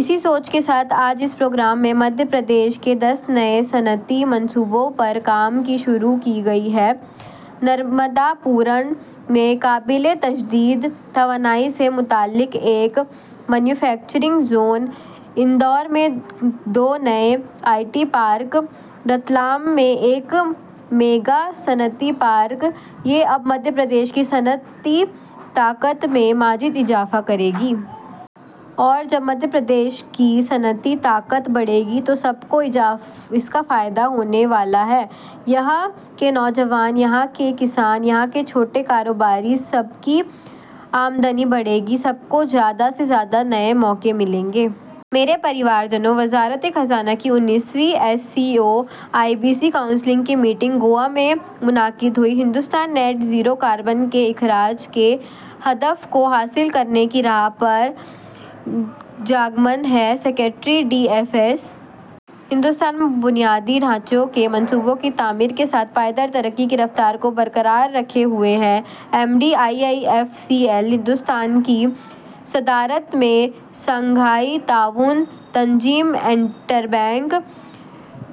اسی سوچ کے ساتھ آج اس پروگرام میں مدھیہ پردیش کے دس نئے صنعتی منصوبوں پر کام بھی شروع کیا گیا ہے۔ نرمداپورم میں قابل تجدید توانائی سے متعلق ایک مینوفیکچرنگ زون، اندور میں دو نئے آئی ٹی پارکس، رتلام میں ایک میگا انڈسٹریل پارک، یہ سب مدھیہ پردیش کی صنعتی طاقت میں مزید اضافہ کریں گے۔ اور جب مدھیہ پردیش کی صنعتی طاقت بڑھے گی تو سب کو اس کا فائدہ ہونے والا ہے۔ یہاں کے نوجوان، یہاں کے کسان، یہاں کے چھوٹے کاروباری، سب کی آمدنی بڑھے گی، سب کو زیادہ سے زیادہ نئے مواقع ملیں گے۔ میرے پریوارجنو! وزارت خزانہ انیسویں S C O I B C council کی میٹنگ گوا میں منعقد ہوئی۔ ہندوستان تک خالص صفر کاربن کے اخراج کے ہدف کو حاصل کرنے کے راستے پر گامزن ہے: secretary, D F S. Hindustan بنیادی ڈھانچے کے منصوبوں کی تعمیر کے ساتھ پائیدار ترقی کی رفتار کو برقرار رکھے ہوئے ہے: M D, I I F C L. Hindustan کی صدارت میں شنگھائی تعاون تنظیم انٹربینک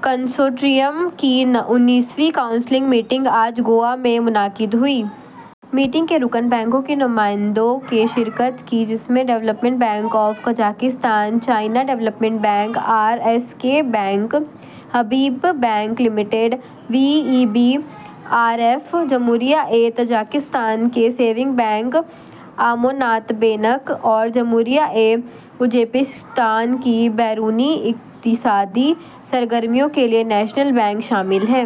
کنسورشیم کی انیسویں کونسل میٹنگ آج گوا میں منعقد ہوئی۔ میٹنگ میں رکن بینکوں کے نمائندوں نے شرکت کی، جن میں development bank of Kazakhstan, China development bank, R S K bank, Habib bank limited, V E B, R F, جمہوریہ تاجکستان کے سیونگ بینک اموناتبونک، اور جمہوریہ ازبکستان کی غیر ملکی اقتصادی سرگرمیوں کے لیے نیشنل بینک شامل ہیں۔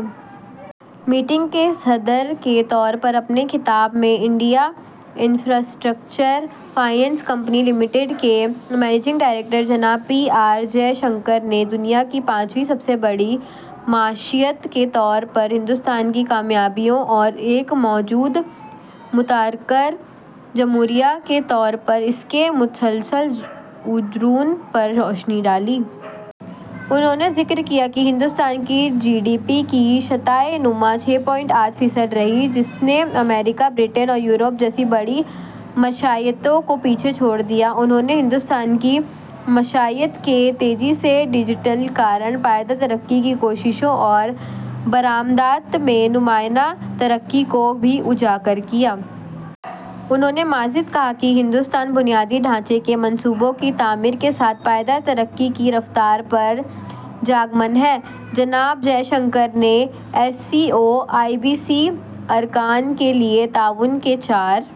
میٹنگ کے صدر کے طور پر اپنے خطاب میں، India infrastructure finance company limited کے منیجنگ ڈائریکٹر جناب پی آر جے شنکر نے دنیا کی پانچویں سب سے بڑی معیشت کے طور پر ہندوستان کی کامیابیوں اور ایک مضبوط اور متحرک جمہوریت کے طور پر اس کے مسلسل عروج پر روشنی ڈالی۔ انہوں نے ذکر کیا کہ ہندوستان کی جی ڈی پی کی شرح نمو چھ اعشاریہ آٹھ فیصد رہی، جس نے امریکہ، برطانیہ اور یورپ جیسی بڑی معیشتوں کو پیچھے چھوڑ دیا۔ انہوں نے ہندوستان کی معیشت کے تیزی سے ڈیجیٹلائزیشن، پائیدار ترقی کی کوششوں اور برآمدات میں نمایاں ترقی کو بھی اجاگر کیا۔ انہوں نے مزید کہا کہ ہندوستان بنیادی ڈھانچے کے منصوبوں کی تعمیر کے ساتھ پائیدار ترقی کی رفتار پر گامزن ہے۔ جناب جے شنکر نے S C O I B سی ممبران کے لیے تعاون کے چار